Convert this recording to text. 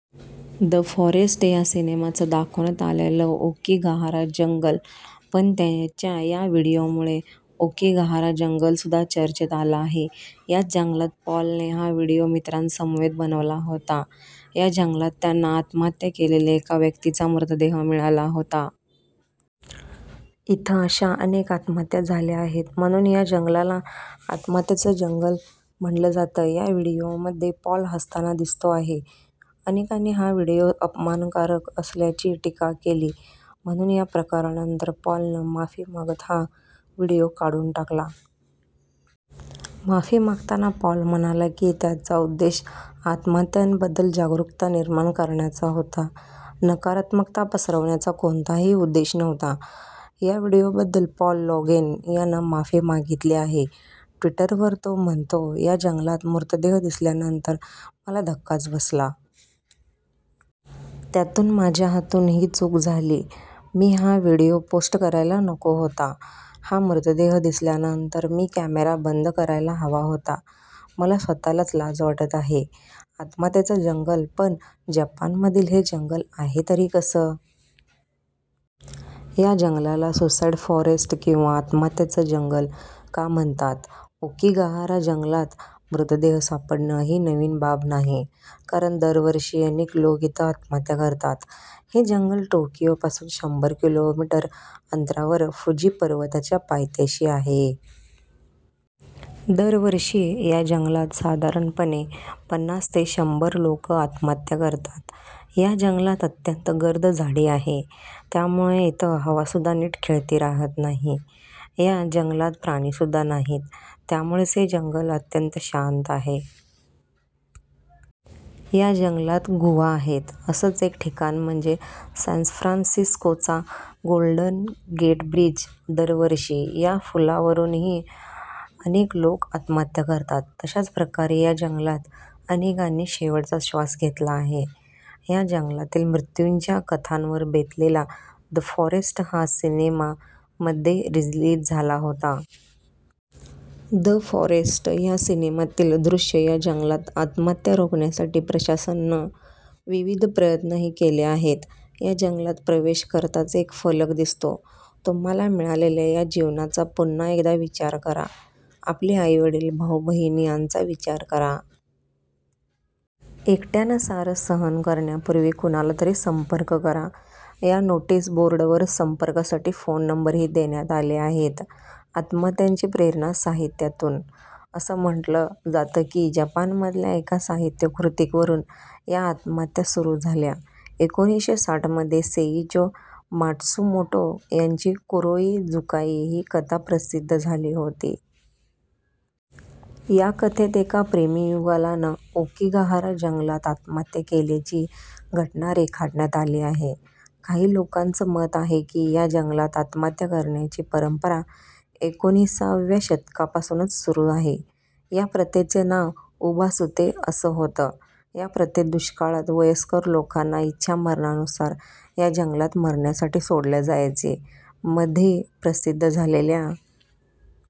The forest या सिनेमाच दाखवण्यात आलेलं ओकिगाहारा जंगल पण त्याच्या या व्हीडिओमुळे ओकिगाहारा जंगलसुद्धा चर्चेत आलं आहे. याच जंगलात पॉलने हा व्हीडिओ मित्रांसमवेत बनवला होता. या जंगलात त्यांना आत्महत्या केलेल्या एका व्यक्तीचा मृतदेह मिळाला होता. इथं अशा अनेक आत्महत्या झाल्या आहेत, म्हणून या जंगलाला आत्महत्यांचं जंगल म्हटलं जातं. या व्हीडिओमध्ये पॉल हसताना दिसतो आहे. अनेकांनी हा व्हीडिओ अपमानकारक असल्याची टीका केली. म्हणून या प्रकारानंतर पॉलनं माफी मागत हा व्हीडिओ काढून टाकला. माफी मागताना पॉल म्हणाला की त्याचा उद्देश आत्महत्यांबद्दल जागरूकता निर्माण करण्याचा होता, नकारात्मकता पसरवण्याचा कोणताही उद्देश नव्हता. या व्हीडिओबद्दल पॉल लोगेन यानं माफी मागितली आहे. ट्विटरवर तो म्हणतो, या जंगलात मृतदेह दिसल्यानंतर मला धक्काच बसला. त्यातून माझ्या हातून ही चूक झाली. मी हा व्हीडिओ पोस्ट करायला नको होता. हा मृतदेह दिसल्यानंतर मी कॅमेरा बंद करायला हवा होता. मला स्वतःलाच लाज वाटत आहे. आत्महत्यांचं जंगल पण जपानमधील हे जंगल आहे तरी कसं? या जंगलाला सुसाईड फॉरेस्ट किंवा आत्महत्यांचं जंगल का म्हणतात? ओकिगाहारा जंगलात मृतदेह सापडणं ही नवीन बाब नाही. कारण दरवर्षी अनेक लोक इथं आत्महत्या करतात. हे जंगल टोकिओपासून शंभर किलोमीटर अंतरावर फुजी पर्वताच्या पायथ्याशी आहे. दरवर्षी या जंगलात साधारणपणे पन्नास ते शंभर लोक आत्महत्या करतात. या जंगलात अत्यंत गर्द झाडी आहे. त्यामुळं इथं हवासुद्धा नीट खेळती राहत नाही. या जंगलात प्राणीसुद्धा नाहीत. त्यामुळेच हे जंगल अत्यंत शांत आहे. या जंगलात गुहा आहेत. असंच एक ठिकाण म्हणजे सॅनफ्रान्सिस्कोचा गोल्डन गेट ब्रिज. दरवर्षी या पुलावरूनही अनेक लोक आत्महत्या करतात. तशाच प्रकारे या जंगलात अनेकांनी शेवटचा श्वास घेतला आहे. या जंगलातील मृत्यूंच्या कथांवर बेतलेला द फॉरेस्ट हा सिनेमा मध्ये रिलीज झाला होता. द फॉरेस्ट या सिनेमातील दृश्य या जंगलात आत्महत्या रोखण्यासाठी प्रशासनानं विविध प्रयत्नही केले आहेत. या जंगलात प्रवेश करताच एक फलक दिसतो तुम्हाला मिळालेल्या या जीवनाचा पुन्हा एकदा विचार करा. आपले आई वडील, भाऊ बहीण यांचा विचार करा. एकट्यानं सारं सहन करण्यापूर्वी कुणाला तरी संपर्क करा. या नोटीस बोर्डवर संपर्कासाठी फोन नंबरही देण्यात आले आहेत. आत्महत्यांची प्रेरणा साहित्यातून? असं म्हटलं जातं की जपानमधल्या एका साहित्यकृतीवरून या आत्महत्या सुरू झाल्या. एकोणीसशे साठमध्ये सेइचो माट्सुमोटो यांची कुरोई जुकाई ही कथा प्रसिद्ध झाली होती. या कथेत एका प्रेमीयुगुलानं ओकिगाहारा जंगलात आत्महत्या केल्याची घटना रेखाटण्यात आली आहे. काही लोकांचं मत आहे की, या जंगलात आत्महत्या करण्याची परंपरा एकोणीसव्या शतकापासूनच सुरू आहे. या प्रथेचं नाव उबासुते असं होतं. या प्रथेत दुष्काळात वयस्कर लोकांना इच्छा मरणानुसार या जंगलात मरण्यासाठी सोडलं जायचे. मध्ये प्रसिद्ध झालेल्या